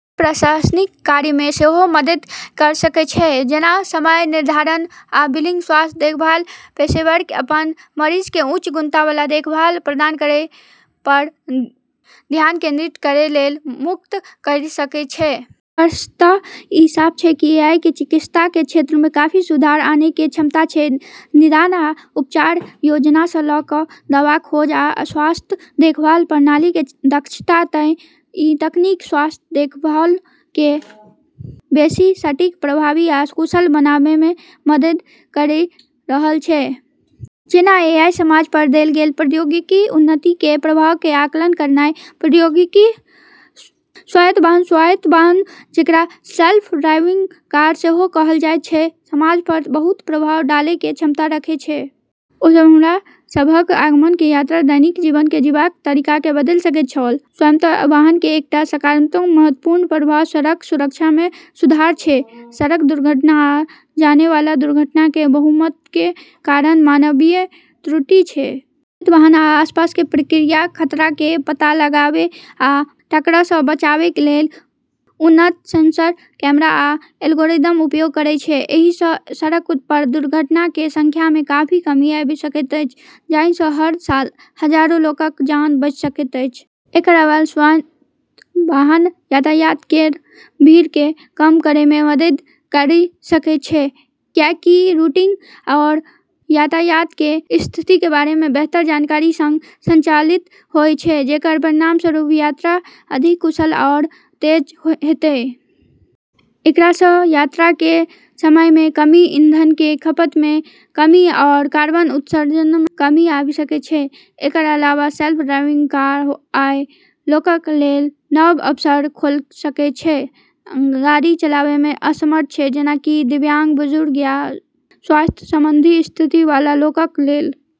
ई प्रशासनिक कार्यमे सेहो मदति करि सकै छै, जेना समय निर्धारण आ बिलिंग, स्वास्थ्य देखभाल पेशेवरके अपन मरीजके उच्च गुणवत्ताबला देखभाल प्रदान करै पर धियान केंद्रित करै लेल मुक्त करि सकै छै । निष्कर्षतः ई साफ छै कि एआईमे चिकित्साके क्षेत्रमे काफी सुधार आनैके क्षमता छै। निदान आ उपचार योजनासँ ल' क' दवा खोज आ स्वास्थ्य देखभाल प्रणालीके दक्षता तक, ई तकनीक स्वास्थ्य देखभालके बेशी सटीक, प्रभावी आ कुशल बनेबामे मदति करि रहल छै । जेना ए. आई. समाज पर देल गेल प्रौद्योगिकी उन्नतिके प्रभावके आकलन करनाइ। प्रौद्योगिकी: स्वायत्त वाहन स्वायत्त वाहन, जेकरा सेल्फ ड्राइविंग कार सेहो कहल जाइ छै, समाज पर बहुत प्रभाव डालैके क्षमता रखै छै। ओ सब हमरा सबहक आवागमन, यात्रा आ दैनिक जीवन जीबाक तरीकाके बदलि सकैत छल। स्वायत्त वाहनके एकटा सकारात्मक महत्वपूर्ण प्रभाव सड़क सुरक्षामे सुधार छै । सड़क दुर्घटना आ जानलेवा घटनाके बहुमतके कारण मानवीय त्रुटि छै। स्वायत्त वाहन अपन आसपासके प्रक्रिया, खतराके पता लगाबै आ टक्करसँ बचैके लेल उन्नत सेंसर, कैमरा आ एल्गोरिदमके उपयोग करै छै । एहिसँ सड़क पर दुर्घटनाके संख्यामे काफी कमी आबि सकैत अछि, जाहिसँ हर साल हजारों लोकक जान बचि सकैत अछि। एकर अलावा स्वायत्त वाहन यातायात केर भीड़के कम करैमे मदति करि सकै छै, किएकि ई रूटिंग आओर यातायात केर स्थितिके बारेमे बेहतर जानकारीके सङ्ग संचालित होइ छै, जेकर परिणामस्वरूप यात्रा अधिक कुशल आओर तेज हेतै । एकरासँ यात्राके समयमे कमी, ईंधनके खपतमे कमी आओर कार्बन उत्सर्जनमे कमी आबि सकै छै। एकर अलावा, सेल्फ ड्राइविंग कार ओइ लोकक लेल नव अवसर खोल सकै छै जे गाड़ी चलाबैमे असमर्थ छै, जेना कि दिव्यांग, बुजुर्ग या स्वास्थ्य संबंधी स्थिति वाला लोकक लेल ।